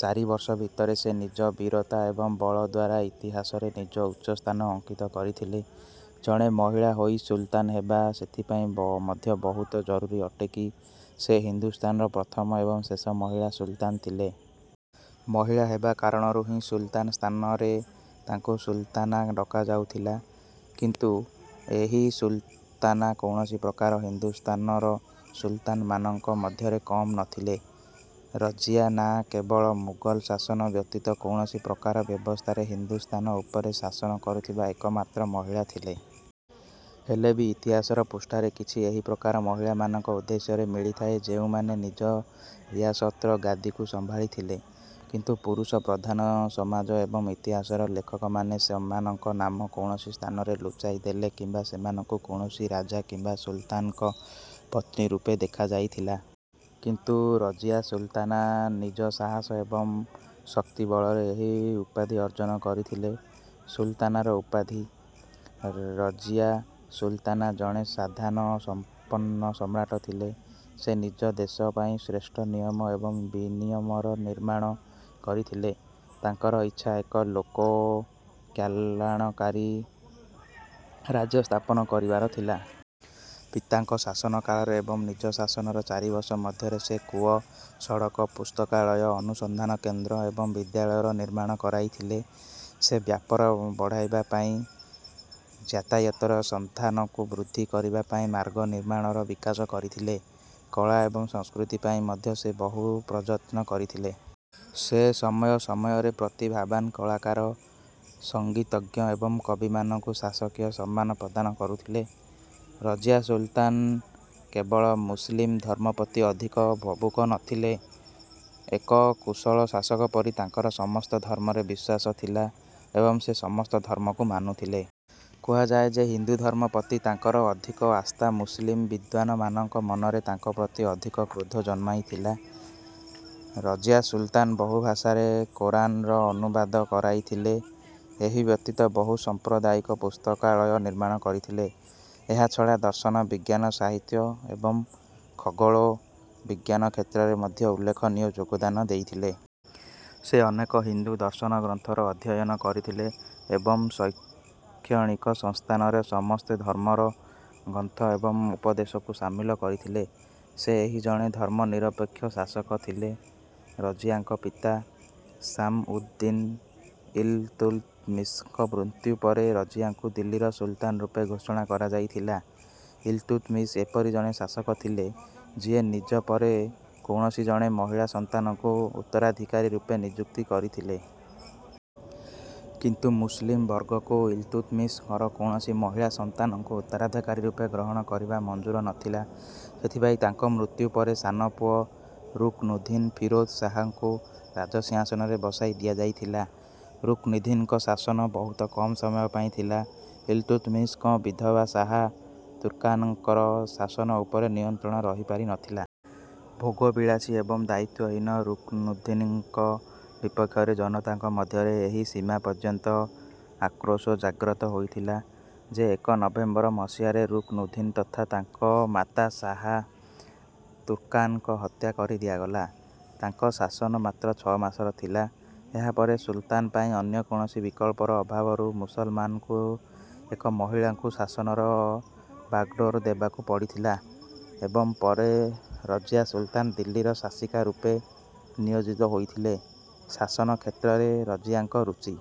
ଚାରି ବର୍ଷ ଭିତରେ ସେ ନିଜ ବୀରତା ଏବଂ ବଳ ଦ୍ୱାରା ଇତିହାସରେ ନିଜ ଉଚ୍ଚ ସ୍ଥାନ ଅଙ୍କିତ କରିଥିଲେ। ଜଣେ ମହିଳା ହୋଇ ସୁଲତାନ୍ ହେବା ସେଥିପାଇଁ ମଧ୍ୟ ବହୁତ ଜରୁରୀ ଅଟେ କି ସେ ହିନ୍ଦୁସ୍ଥାନର ପ୍ରଥମ ଏବଂ ଶେଷ ମହିଳା ସୁଲତାନ୍ ଥିଲେ। ମହିଳା ହେବା କାରଣରୁ ହିଁ ସୁଲତାନ୍ ସ୍ଥାନରେ ତାଙ୍କୁ ସୁଲତାନା ଡକାଯାଉଥିଲା। କିନ୍ତୁ ଏହି ସୁଲତାନା କୌଣସି ପ୍ରକାରେ ହିନ୍ଦୁସ୍ଥାନର ସୁଲତାନ୍‌ମାନଙ୍କ ମଧ୍ୟରେ କମ୍ ନଥିଲେ। ରଜିୟା ନା କେବଳ ମୁଗଲ ଶାସନ ବ୍ୟତୀତ କୌଣସି ପ୍ରକାର ବ୍ୟବସ୍ଥାରେ ହିନ୍ଦୁସ୍ଥାନ ଉପରେ ଶାସନ କରୁଥିବା ଏକମାତ୍ର ମହିଳା ଥିଲେ। ହେଲେ ବି ଇତିହାସର ପୃଷ୍ଠାରେ କିଛି ଏହିପ୍ରକାର ମହିଳାମାନଙ୍କ ଉଦ୍ଦେଶ୍ୟରେ ମିଳିଥାଏ ଯେଉଁମାନେ ନିଜ ରିୟାସତର ଗାଦିକୁ ସମ୍ଭାଳିଥିଲେ। କିନ୍ତୁ ପୁରୁଷ ପ୍ରଧାନ ସମାଜ ଏବଂ ଇତିହାସର ଲେଖକମାନେ ସେମାନଙ୍କ ନାମ କୌଣସି ସ୍ଥାନରେ ଲୁଚାଇଦେଲେ କିମ୍ବା ସେମାନଙ୍କୁ କୌଣସି ରାଜା କିମ୍ବା ସୁଲତାନ୍‌ଙ୍କ ପତ୍ନୀ ରୂପେ ଦେଖାଯାଇଥିଲା। କିନ୍ତୁ ରଜିୟା ସୁଲତାନା ନିଜ ସାହସ ଏବଂ ଶକ୍ତି ବଳରେ ଏହି ଉପାଧି ଅର୍ଜନ କରିଥିଲେ ସୁଲତାନାର ଉପାଧି। ରଜିୟା ସୁଲତାନା ଜଣେ ସାଧନ ସମ୍ପନ୍ନ ସମ୍ରାଟ ଥିଲେ। ସେ ନିଜ ଦେଶ ପାଇଁ ଶ୍ରେଷ୍ଠ ନିୟମ ଏବଂ ବିନିୟମର ନିର୍ମାଣ କରିଥିଲେ। ତାଙ୍କର ଇଚ୍ଛା ଏକ ଲୋକକଲ୍ୟାଣକାରୀ ରାଜ୍ୟ ସ୍ଥାପନ କରିବାର ଥିଲା। ପିତାଙ୍କ ଶାସନ କାଳରେ ଏବଂ ନିଜ ଶାସନର ଚାରି ବର୍ଷ ମଧ୍ୟରେ ସେ କୂଅ, ସଡ଼କ, ପୁସ୍ତକାଳୟ, ଅନୁସନ୍ଧାନ କେନ୍ଦ୍ର ଏବଂ ବିଦ୍ୟାଳୟର ନିର୍ମାଣ କରାଇଥିଲେ। ସେ ବ୍ୟାପାର ବଢ଼ାଇବା ପାଇଁ ଯାତାୟାତର ସାଧନକୁ ବୃଦ୍ଧି କରିବା ପାଇଁ ମାର୍ଗ ନିର୍ମାଣର ବିକାଶ କରିଥିଲେ। କଳା ଏବଂ ସଂସ୍କୃତି ପାଇଁ ମଧ୍ୟ ସେ ବହୁ ପ୍ରଯତ୍ନ କରିଥିଲେ। ସେ ସମୟ ସମୟରେ ପ୍ରତିଭାବାନ୍ କଳାକାର, ସଙ୍ଗୀତଜ୍ଞ ଏବଂ କବିମାନଙ୍କୁ ଶାସକୀୟ ସମ୍ମାନ ପ୍ରଦାନ କରୁଥିଲେ। ରଜିୟା ସୁଲତାନ୍ କେବଳ ମୁସଲିମ୍ ଧର୍ମ ପ୍ରତି ଅଧିକ ଭାବୁକ ନଥିଲେ। ଏକ କୁଶଳ ଶାସକ ପରି ତାଙ୍କର ସମସ୍ତ ଧର୍ମରେ ବିଶ୍ୱାସ ଥିଲା ଏବଂ ସେ ସମସ୍ତ ଧର୍ମକୁ ମାନୁଥିଲେ। କୁହାଯାଏ ଯେ ହିନ୍ଦୁ ଧର୍ମ ପ୍ରତି ତାଙ୍କର ଅଧିକ ଆସ୍ଥା ମୁସଲିମ୍ ବିଦ୍ୱାନ୍‌ମାନଙ୍କ ମନରେ ତାଙ୍କ ପ୍ରତି ଅଧିକ କ୍ରୋଧ ଜନ୍ମାଇଥିଲା। ରଜିୟା ସୁଲତାନ୍ ବହୁ ଭାଷାରେ କୋରାନ୍‌ର ଅନୁବାଦ କରାଇଥିଲେ। ଏହା ବ୍ୟତୀତ ବହୁ ସାମ୍ପ୍ରଦାୟିକ ପୁସ୍ତକାଳୟର ନିର୍ମାଣ କରିଥିଲେ। ଏହା ଛଡ଼ା ଦର୍ଶନ, ବିଜ୍ଞାନ, ସାହିତ୍ୟ ଏବଂ ଖଗୋଳ ବିଜ୍ଞାନ କ୍ଷେତ୍ରରେ ମଧ୍ୟ ଉଲ୍ଲେଖନୀୟ ଯୋଗଦାନ ଦେଇଥିଲେ। ସେ ଅନେକ ହିନ୍ଦୁ ଦର୍ଶନଗ୍ରନ୍ଥର ଅଧ୍ୟୟନ କରିଥିଲେ ଏବଂ ଶୈକ୍ଷଣିକ ସଂସ୍ଥାନରେ ସମସ୍ତ ଧର୍ମର ଗ୍ରନ୍ଥ ଏବଂ ଉପଦେଶକୁ ସାମିଲ କରିଥିଲେ। ସେ ଜଣେ ଧର୍ମନିରପେକ୍ଷ ଶାସକ ଥିଲେ। ରଜିୟାଙ୍କ ପିତା ଶାମ୍ସ-ଉଦ୍-ଦିନ୍-ଇଲ୍‌ତୁତ୍‌ମିଶଙ୍କ ମୃତ୍ୟୁ ପରେ, ରଜିୟାଙ୍କୁ ଦିଲ୍ଲୀର ସୁଲତାନ୍ ରୂପେ ଘୋଷଣା କରାଯାଇଥିଲା। ଇଲ୍‌ତୁତ୍‌ମିଶ ଏପରି ଜଣେ ଶାସକ ଥିଲେ ଯିଏ ନିଜ ପରେ କୌଣସି ଜଣେ ମହିଳା ସନ୍ତାନଙ୍କୁ ଉତ୍ତରାଧିକାରୀ ରୂପେ ନିଯୁକ୍ତ କରିଥିଲେ। କିନ୍ତୁ ମୁସଲିମ୍ ବର୍ଗଙ୍କୁ ଇଲ୍‌ତୁତ୍‌ମିଶଙ୍କର କୌଣସି ମହିଳା ସନ୍ତାନଙ୍କୁ ଉତ୍ତରାଧିକାରୀ ରୂପେ ଗ୍ରହଣ କରିବା ମଞ୍ଜୁର ନଥିଲା। ସେଥିପାଇଁ ତାଙ୍କ ମୃତ୍ୟୁ ପରେ ସାନ ପୁଅ ରୁକ୍‌ନୁଦ୍ଦୀନ୍ ଫିରୋଜ ଶାହଙ୍କୁ ରାଜସିଂହାସନରେ ବସାଇ ଦିଆଯାଇଥିଲା। ରୁକ୍‌ନୁଦ୍ଦୀନ୍‌ଙ୍କ ଶାସନ ବହୁତ କମ୍ ସମୟ ପାଇଁ ଥିଲା। ଇଲ୍‌ତୁତ୍‌ମିଶଙ୍କ ବିଧବା ଶାହା ତୁର୍କାନ୍‌ଙ୍କର ଶାସନ ଉପରେ ନିୟନ୍ତ୍ରଣ ରହିପାରିନଥିଲା। ଭୋଗବିଳାସୀ ଏବଂ ଦାୟିତ୍ୱହୀନ ରୁକ୍‌ନୁଦ୍ଦୀନ୍‌ଙ୍କ ବିପକ୍ଷରେ ଜନତାଙ୍କ ମଧ୍ୟରେ ଏହି ସୀମା ପର୍ଯ୍ୟନ୍ତ ଆକ୍ରୋଶ ଜାଗ୍ରତ ହୋଇଥିଲା ଯେ ଏକ ନଭେମ୍ବର ମସିହାରେ ରୁକ୍‌ନୁଦ୍ଦୀନ୍ ତଥା ତାଙ୍କ ମାତା ଶାହା ତୁର୍କାନ୍‌ଙ୍କୁ ହତ୍ୟା କରିଦିଆଗଲା। ତାଙ୍କ ଶାସନ ମାତ୍ର ଛଅ ମାସର ଥିଲା। ଏହା ପରେ ସୁଲତାନ୍ ପାଇଁ ଅନ୍ୟ କୌଣସି ବିକଳ୍ପର ଅଭାବରୁ ମୁସଲମାନମାନଙ୍କୁ ଏକ ମହିଳାଙ୍କୁ ଶାସନର ବାଗଡୋର ଦେବାକୁ ପଡ଼ିଥିଲା ଏବଂ ପରେ ରଜିୟା ସୁଲତାନ୍ ଦିଲ୍ଲୀର ଶାସିକା ରୂପେ ନିୟୋଜିତ ହୋଇଥିଲେ। ଶାସନ କ୍ଷେତ୍ରରେ ରଜିୟାଙ୍କ ରୁଚି